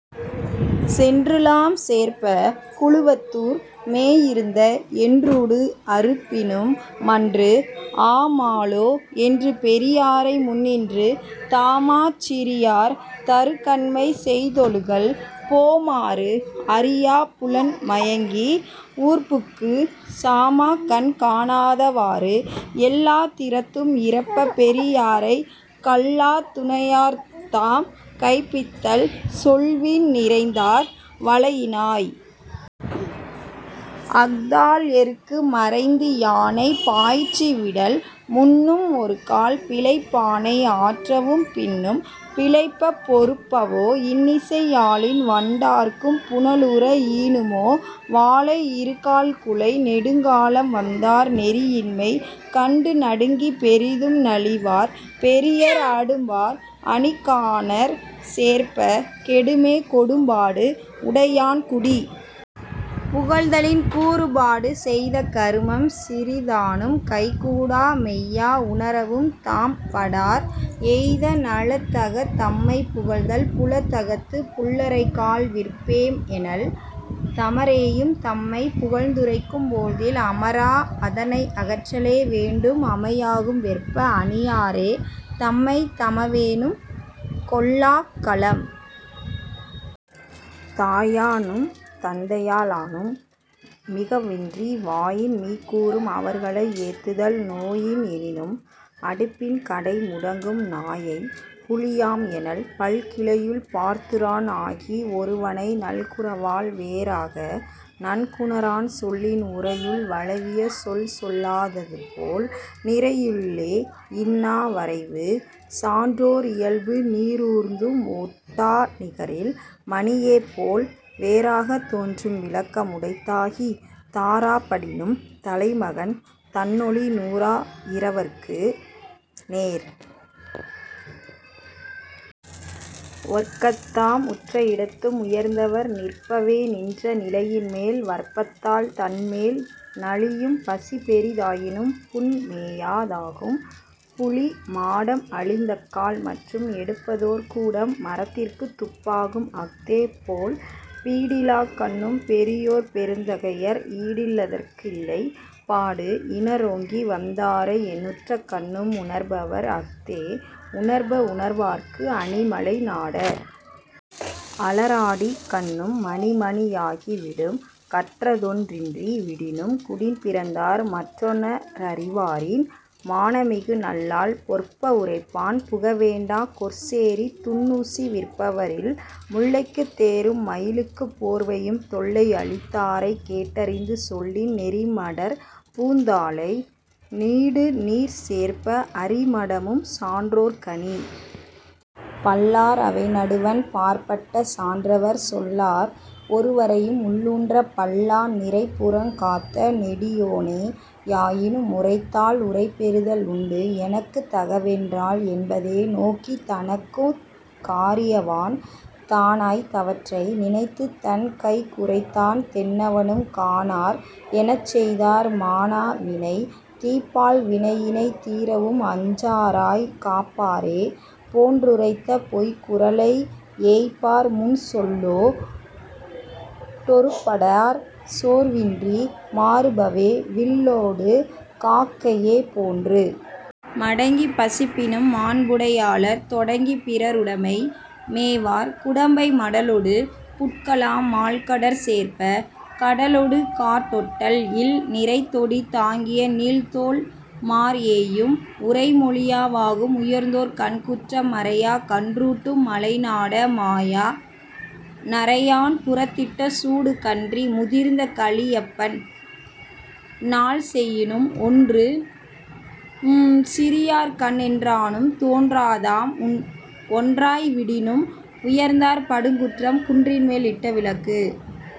சென்றுலாம் சேர்ப்ப! 'குழுவத்துர் மேயிருந்த என்றூடு அறுப்பினும் மன்று'. ஆமாலோ என்று பெரியாரை முன்னின்று தாமாச் சிறியார் தறுகண்மை செய்தொழுகல் போமாறு அறியாப் புலன்மயங்கி ஊர்புக்குச் சாமாகண் காணாத வாறு. ' எல்லாத் திறத்தும் இறப்பப் பெரியாரைக் கல்லாத் துணையார்தாம் கைப்பித்தல் சொல்வின் நிறைந்தார் வளையினாய்! அஃதால் 'எருக்கு மறைந்துயானை பாய்ச்சி விடல்'. முன்னும் ஒருகால் பிழைப்பானை ஆற்றவும் பின்னும் பிழைப்பப் பொறுப்பவோ இன்னிசை யாழின் வண்டார்க்கும் புனலூர! 'ஈனுமோ வாழை இருகால் குலை'. நெடுங்காலம் வந்தார் நெறியின்மை கண்டு நடுங்கிப் பெரிதும் நலிவார் பெரியர் அடும்பார் அணிகானற் சேர்ப்ப! 'கெடுமே கொடும்பாடு உடையான் குடி'.. புகழ்தலின் கூறுபாடு செய்த கருமம் சிறிதானும் கைகூடா மெய்யா உணரவும் தாம்படார் எய்த நலத்தகத் தம்மைப் புகழ்தல் 'புலத்தகத்துப் புள்ளரைக் கால் விற்பேம் எனல்' தமரேயும் தம்மைப் புகழ்ந்துரைக்கும் போழ்தில் அமரா அதனை அகற்றலே வேண்டும் அமையாகும் வெற்ப! 'அணியாரே தம்மைத் தமவேனும் கொள்ளாக் கலம்'. தாயானும் தந்தையா லானும் மிகவின்றி வாயின்மீக் கூறும் அவர்களை ஏத்துதல் நோயின் எனினும் 'அடுப்பின் கடைமுடங்கும் நாயைப் புலியாம் எனல்'. பல்கிளையுள் பார்த்துறான் ஆகி ஒருவனை நல்குரவால் வேறாக நன்குணரான் சொல்லின் உரையுள் வளவியசொல் சொல்லா ததுபோல் 'நிரையுள்ளே இன்னா வரைவு'.. சான்றோர் இயல்பு நீறூர்ந்தும் ஒட்டா நிகரில் மணியேபோல் வேறாகத் தோன்றும் விளக்கம் உடைத்தாகித் 'தாறாப் படினும் தலைமகன் தன்னொளி நூறா யிரவர்க்கு நேர்'. ஒற்கத்தாம் உற்ற இடத்தும் உயர்ந்தவர் நிற்பவே நின்ற நிலையின்மேல் வற்பத்தால் தன்மேல் நலியும் 'பசிபெரி தாயினும் புன்மேயா தாகும் புலி'. மாடம் அழிந்தக்கால் மற்றும் எடுப்பதோர் கூடம் மரத்திற்குத் துப்பாகும் அஃதேபோல் பீடிலாக் கண்ணும் பெரியோர் பெருந்தகையர் 'ஈடில் லதற்கில்லை பாடு'. இணரோங்கி வந்தாரை என்னுற்றக் கண்ணும் உணர்பவர் அஃதே உணர்ப உணர்வார்க்கு அணிமலை நாட! 'அளறாடிக் கண்ணும் மணிமணி யாகி விடும்'. கற்றதொன் றின்றி விடினும் குடிப்பிறந்தார் மற்றொன றறிவாரின் மாணமிக நல்லால் பொற்ப உரைப்பான் புகவேண்டா 'கொற்சேரித் துன்னூசி விற்பவர் இல்'. முல்லைக்குத் தேரும் மயிலுக்குப் போர்வையும் தொல்லை அளித்தாரைக் கேட்டறிதும் சொல்லின் நெறிமடற் பூந்தாழை நீடுநீர்ச் சேர்ப்ப! 'அறிமடமும் சான்றோர்க் அணி'. பல்லார் அவைநடுவண் பாற்பட்ட சான்றவர் சொல்லார் ஒருவரையும் உள்ளூன்றப் பல்லா நிரைப்புறங் காத்த நெடியோனே யாயினும் 'உரைத்தால் உரைபெறுதல் உண்டு'. எனக்குத் தகவன்றால் என்பதே நோக்கித் தனக்குத் காரியாவான் தானாய்த் தவற்றை நினைத்துத்தன் கைகுறைத்தான் தென்னவனும் 'காணார் எனச்செய்தார் மாணா வினை'. தீப்பால் வினையினைத் தீரவும் அஞ்சாராய்க் காப்பாரே போன்றுரைத்த பொய்குறளை -ஏய்ப்பார்முன் சொல்லோ டொருப்படார் சோர்வின்றி மாறுபவே 'வில்லோடு காக்கையே போன்று'. மடங்கிப் பசிப்பினும் மாண்புடை யாளர் தொடங்கிப் பிறருடைமை மேவார் குடம்பை மடலொடு புட்கலாம் மால்கடற் சேர்ப்ப! 'கடலொடு காட்டொட்டல் இல்'. நிரைதொடி தாங்கிய நீள்தோள்மாற் ஏயும் உரையொழியா வாகும் உயர்ந்தோர்கண் குற்றம் மரையா கன்றூட்டும் மலைநாட! 'மாயா நரையான் புறத்திட்ட சூடு'. கன்றி முதிர்ந்த கழியப்பன் னாள்செயினும் ஒன்றும் சிறியார்கண் என்றானும் தோன்றாதாம் ஒன்றாய் விடினும் உயர்ந்தார்ப் படுங்குற்றம் 'குன்றின்மேல் இட்ட விளக்கு'..